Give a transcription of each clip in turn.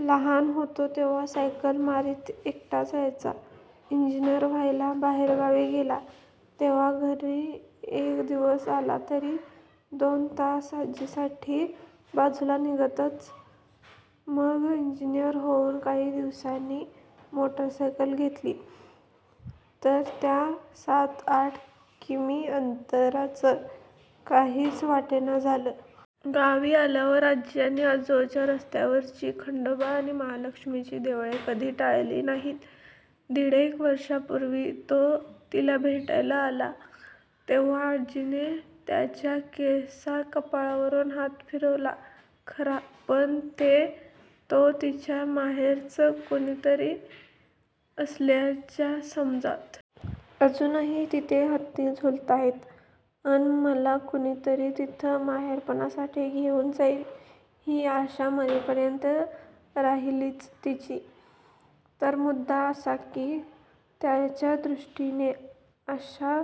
लहान होता तेव्हा सायकल मारीत एकटा जायचा. इंजिनियर व्हायला बाहेरगावी गेला, तेव्हा घरी एक दिवस आला तरी दोन तास आजीसाठी बाजूला निघतच. मग इंजिनियर होऊन काही दिवसांनी मोटरसायकल घेतली, तर त्या सात-आठ किमी अंतराचं काहीच वाटेना झालं. गावी आल्यावर आजी आणि आजोळच्या रस्त्यावरची खंडोबा आणि महाल़क्ष्मीची देवळे कधी टळली नाहीत. दीडेक वर्षापूर्वी, तो तिला भेटायला आला, तेव्हा आजीने त्याच्या केसा-कपाळावरून हात फिरवला खरा, पण ते तो तिच्या 'माहेरचं' कुणीतरी असल्याच्या समजात. अजूनही तिथे हत्ती झुलताहेत, अन मला कुणीतरी तिथं 'माहेरपणासाठी' घेऊन जाईल- ही आशा मरेपर्यंत राहिलीच तिची. तर मुद्दा असा, की त्याच्या दृष्टीने अशा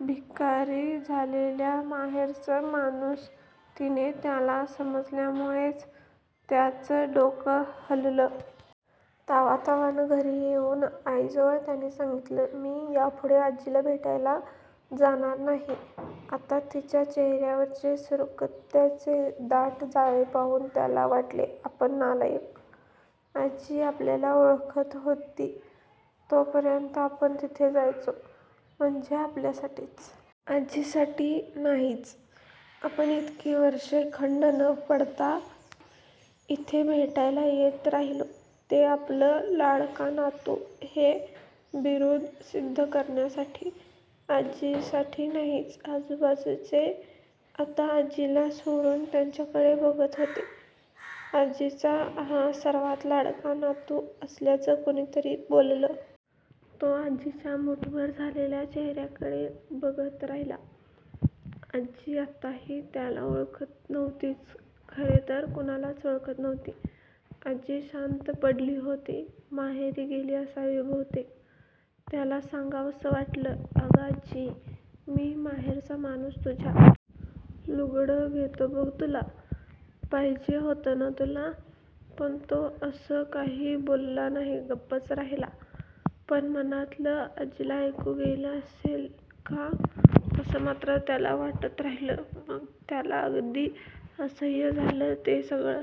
भिकारी झालेल्या माहेरचं माणूस तिने त्याला समजल्यामूळे त्याचं डोकंच हललं. तावातावानं घरी येऊन आईजवळ त्याने सांगितलं, मी यापूढे आजीला भेटायला जाणार नाही..! आता तिच्या चेहेयावरचे सुरकुत्यांचे दाट जाळे पाहून त्याला वाटले, आपण नालायक. आजी आपल्याला 'ओळखत' होती तो पर्यंत आपण इथे यायचो. म्हणजे आपल्यासाठीच. आजीसाठी नाहीच! आपण इतकी वर्षे खंड न पाडता इथे भेटायला येत राहिलो, ते आपलं 'लाडका नातू' हे बिरूद सिध्द करण्यासाठी. आजीसाठी नाहीच!! आजूबाजूचे आता आजीला सोडून त्याच्याकडे बघत होते. आजीचा हा सर्वांत लाडका नातू असल्याचं कुणीतरी बोललं. तो आजीच्या मुठभर झालेया चेहेर्याकडे बघत राहिला. आजी आताही त्याला ओळखत नव्हतीच. खरे तर कुणालाच ओळखत नव्हती. आजी शांत पडली होती. माहेरी गेली असावी बहूतेक. त्याला सांगावसं वाटलं, अगं आज्जी, मी माहेरचा माणूस तुझ्या. लुगडं घेतो बघ तुला. पाहिजे होतं ना तुला? पण तो असं काही बोलला नाही. गप्पच राहिला. पण मनातलं आजीला ऐकू गेलं असेल का, असं मात्र त्याला वाटत राहिलं. मग त्याला अगदी असह्यच झालं ते सगळं.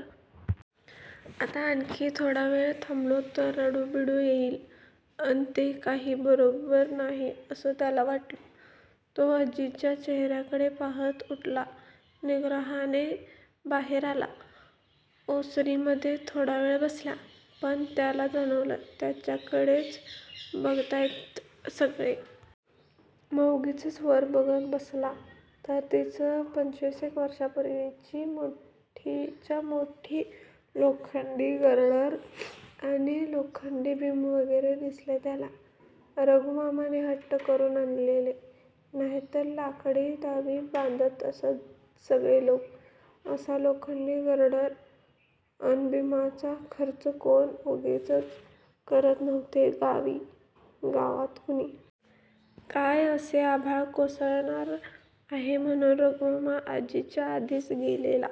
आता आणखी थॊडा वेळ थांबलो, तर रडू-बिडू येईल, अन ते काही बरोबर नाही असं त्याला वाटलं. तो आजीच्या चेहेर्याकडे पाहत उठलाच निग्रहाने. बाहेर आला. ओसरीमध्ये थोडावेळ बसला. पण त्याला जाणवलं, त्याच्याकडेच बघताहेत सगळे. मग उगीचच वर बघत बसला. तर तीच पंचवीसेक वर्षापूर्वीची मोठीच्या मोठी लोखंडी गर्डर अन लोखंडी बीम वगैरे दिसले त्याला. रघूमामाने हट्ट करून आणलेले. नाहीतर लाकडी धाबी बांधत असत सगळे लोक. असा लोखंडी गर्डर अन बीमचा खर्च कोण उगीचच करीत नव्हते गावात कुणी. काय असे आभाळ कोसळणार आहे, म्हणून. रघूमामा. आजीच्या आधीच गेलेला.